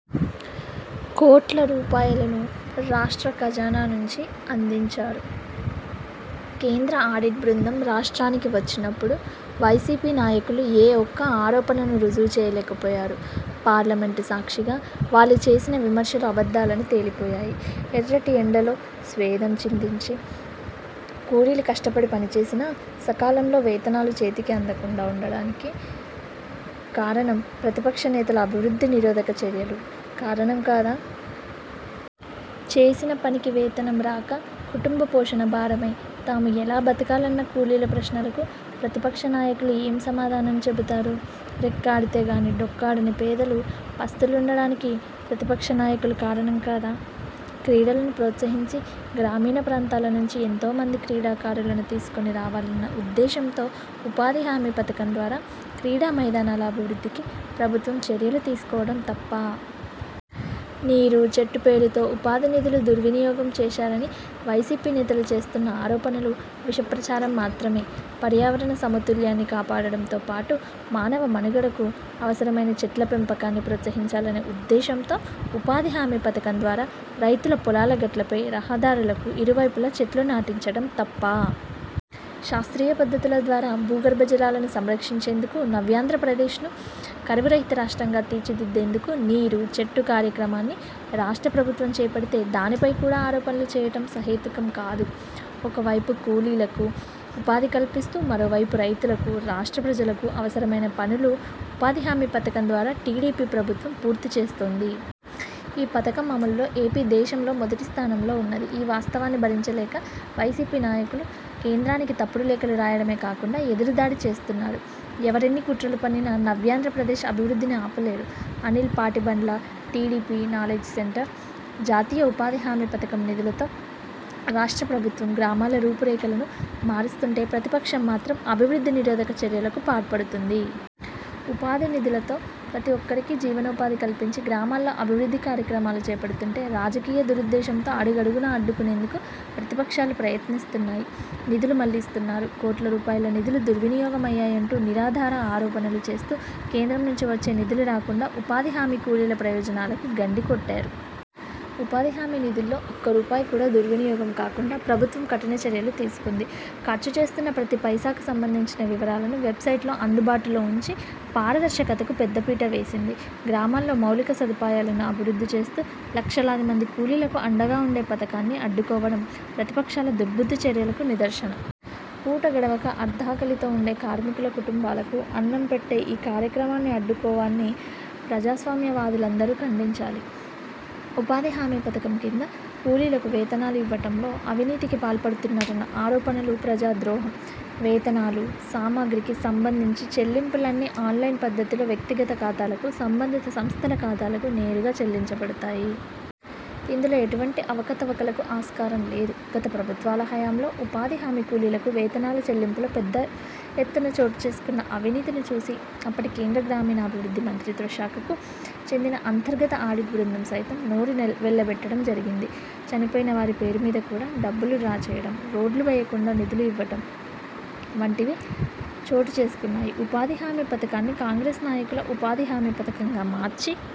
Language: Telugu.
కోట్ల రూపాయలను రాష్ట్ర ఖజానా నుంచి అందించారు. కేంద్ర ఆడిట్ బృందం రాష్ట్రానికి వచ్చినప్పుడు వైసీపీ నాయకులు ఏ ఒక్క ఆరోపణను రుజువు చేయలేకపోయారు. పార్లమెంటు సాక్షిగా వాళ్లు చేసిన విమర్శలు అబద్ధాలని తేలిపోయాయి. ఎర్రటి ఎండలో స్వేదం చిందించి కూలీలు కష్టపడి పనిచేసినా సకాలంలో వేతనాలు చేతికి అందకుండా ఉండానికి కారణం ప్రతిపక్ష నేతల అభివృద్ధి నిరోధక చర్యలు కారణం కాదా? చేసిన పనికి వేతనం రాక, కుటుంబ పోషణ భారమై, తాము ఎలా బతకాలన్న కూలీల ప్రశ్నలకు ప్రతిపక్ష నాయకులు ఏం సమాధానం చెబుతారు? రెక్కాడితే గానీ డొక్కాడని పేదలు పస్తులుండడానికి ప్రతిపక్ష నాయకులు కారణం కాదా? క్రీడలను ప్రోత్సహించి గ్రామీణ ప్రాంతాల నుంచి ఎంతో మంది క్రీడాకారులను తీసుకొని రావాలన్న ఉద్దేశంతో ఉపాధి హామీ పథకం ద్వారా క్రీడా మైదానాల అభివృద్ధికి ప్రభుత్వం చర్యలు తీసుకోవటం తప్పా? నీరు–చెట్టు పేరుతో ఉపాధి నిధులు దుర్వినియోగం చేశారని వైసీపీ నేతలు చేస్తున్న ఆరోపణలు విష ప్రచారం మాత్రమే. పర్యావరణ సమతుల్యాన్ని కాపాడడంతో పాటు మానవ మనుగడకు అవసరమైన చెట్ల పెంపకాన్ని ప్రోత్సహించాలనే ఉద్దేశంతో ఉపాధి హామీ పథకం ద్వారా రైతుల పొలాల గట్లపై, రహదారులకు ఇరువైపుల చెట్లు నాటించటం తప్పా? శాస్త్రీయ పద్ధతుల ద్వారా భూగర్భ జలాలను సంరక్షించేందుకు నవ్యాంధ్రప్రదేశ్ను కరువు రహిత రాష్ట్రంగా తీర్చిదిద్దేందుకు నీరు–చెట్టు కార్యక్రమాన్ని రాష్ట్ర ప్రభుత్వం చేపడితే దానిపై కూడా ఆరోపణలు చేయటం సహేతుకం కాదు. ఒక వైపు కూలీలకు ఉపాధి కల్పిస్తూ మరోవైపు రైతులకు, రాష్ట్ర ప్రజలకు అవసరమైన పనులు ఉపాధిహామీ పథకం ద్వారా టీడీపీ ప్రభుత్వం పూర్తి చేస్తోంది. ఈ పథకం అమలులో ఏపీ దేశంలో మొదటి స్థానంలో ఉన్నది. ఈ వాస్తవాన్ని భరించలేక వైసీపీ నాయకులు కేంద్రానికి తప్పుడు లేఖలు రాయడమే కాకుండా ఎదురుదాడి చేస్తున్నారు. ఎవరెన్ని కుట్రలు పన్నినా నవ్యాంధ్రప్రదేశ్ అభివృద్ధిని ఆపలేరు. అనిల్ పాటిబండ్లటీడీపీ నాలెడ్జ్ సెంటర్ జాతీయ ఉపాధి హామీ పథకం నిధులతో రాష్ట్ర ప్రభుత్వం గ్రామాల రూపురేఖలను మారుస్తుంటే, ప్రతిపక్షం మాత్రం అభివృద్ధి నిరోధక చర్యలకు పాల్పడుతుంది. ఉపాధి నిధులతో ప్రతి ఒక్కరికీ జీవనోపాధి కల్పించి గ్రామాల్లో అభివృద్ధి కార్యక్రమాలు చేపడుతుంటే రాజకీయ దురుద్దేశంతో అడుగడుగునా అడ్డుకునేందుకు ప్రతిపక్షాలు ప్రయత్నిస్తున్నాయి. నిధులు మళ్లిస్తున్నారు, కోట్ల రూపాయల నిధులు దుర్వినియోగమయ్యాయంటూ నిరాధార ఆరోపణలు చేస్తూ కేంద్రం నుంచి వచ్చే నిధులు రాకుండా ఉపాధిహామీ కూలీల ప్రయోజనాలకు గండికొట్టారు. ఉపాధిహామీ నిధుల్లో ఒక్కరూపాయి కూడా దుర్వినియోగం కాకుండా ప్రభుత్వం కఠిన చర్యలు తీసుకుంది. ఖర్చుచేస్తున్న ప్రతి పైసాకు సంబంధించిన వివరాలను వెబ్సైట్లో అందుబాటులో ఉంచి పారదర్శకతకు పెద్దపీట వేసింది. గ్రామాల్లో మౌలిక సదుపాయాలను అభివృద్ధి చేస్తూ లక్షలాది మంది కూలీలకు అండగా ఉండే పథకాన్ని అడ్డుకోవడం ప్రతిపక్షాల దుర్బుద్ధి చర్యలకు నిదర్శనం. పూట గడవక అర్ధాకలితో ఉండే కార్మికుల కుటుంబాలకు అన్నం పెట్టే ఈ కార్యక్రమాన్ని అడ్డుకోవాన్ని ప్రజాస్వామ్య వాదులందరూ ఖండించాలి. ఉపాధి హామీ పథకం కింద కూలీలకు వేతనాలు ఇవ్వటంలో అవినీతికి పాల్పడుతున్నారన్న ఆరోపణలు ప్రజా ద్రోహం. వేతనాలు, సామగ్రికి సంబంధించిన చెల్లింపులన్నీ ఆన్లైన్ పద్ధతిలో వ్యక్తిగత ఖాతాలకు, సంబంధిత సంస్థల ఖాతాలకు నేరుగా చెల్లించబడతాయి. ఇందులో ఎటువంటి అవకతవకలకు ఆస్కారం లేదు. గత ప్రభుత్వాల హయాంలో ఉపాధి హామీ కూలీలకు వేతనాల చెల్లింపులో పెద్ద ఎత్తున చోటుచేసుకున్న అవినీతిని చూసి అప్పటి కేంద్ర గ్రామీణాభివృద్ధి మంత్రిత్వ శాఖకు చెందిన అంతర్గత ఆడిట్ బృందం సైతం నోరు వెళ్లబెట్టడం జరిగింది. చనిపోయినవారి పేరుమీద కూడా డబ్బులు డ్రా చేయటం, రోడ్లు వేయకుండా నిధులు ఇవ్వటం వంటివి చోటు చేసుకున్నాయి. ఉపాధి హామీ పథకాన్ని కాంగ్రెస్ నాయకుల ఉపాధి హామీ పథకంగా మార్చి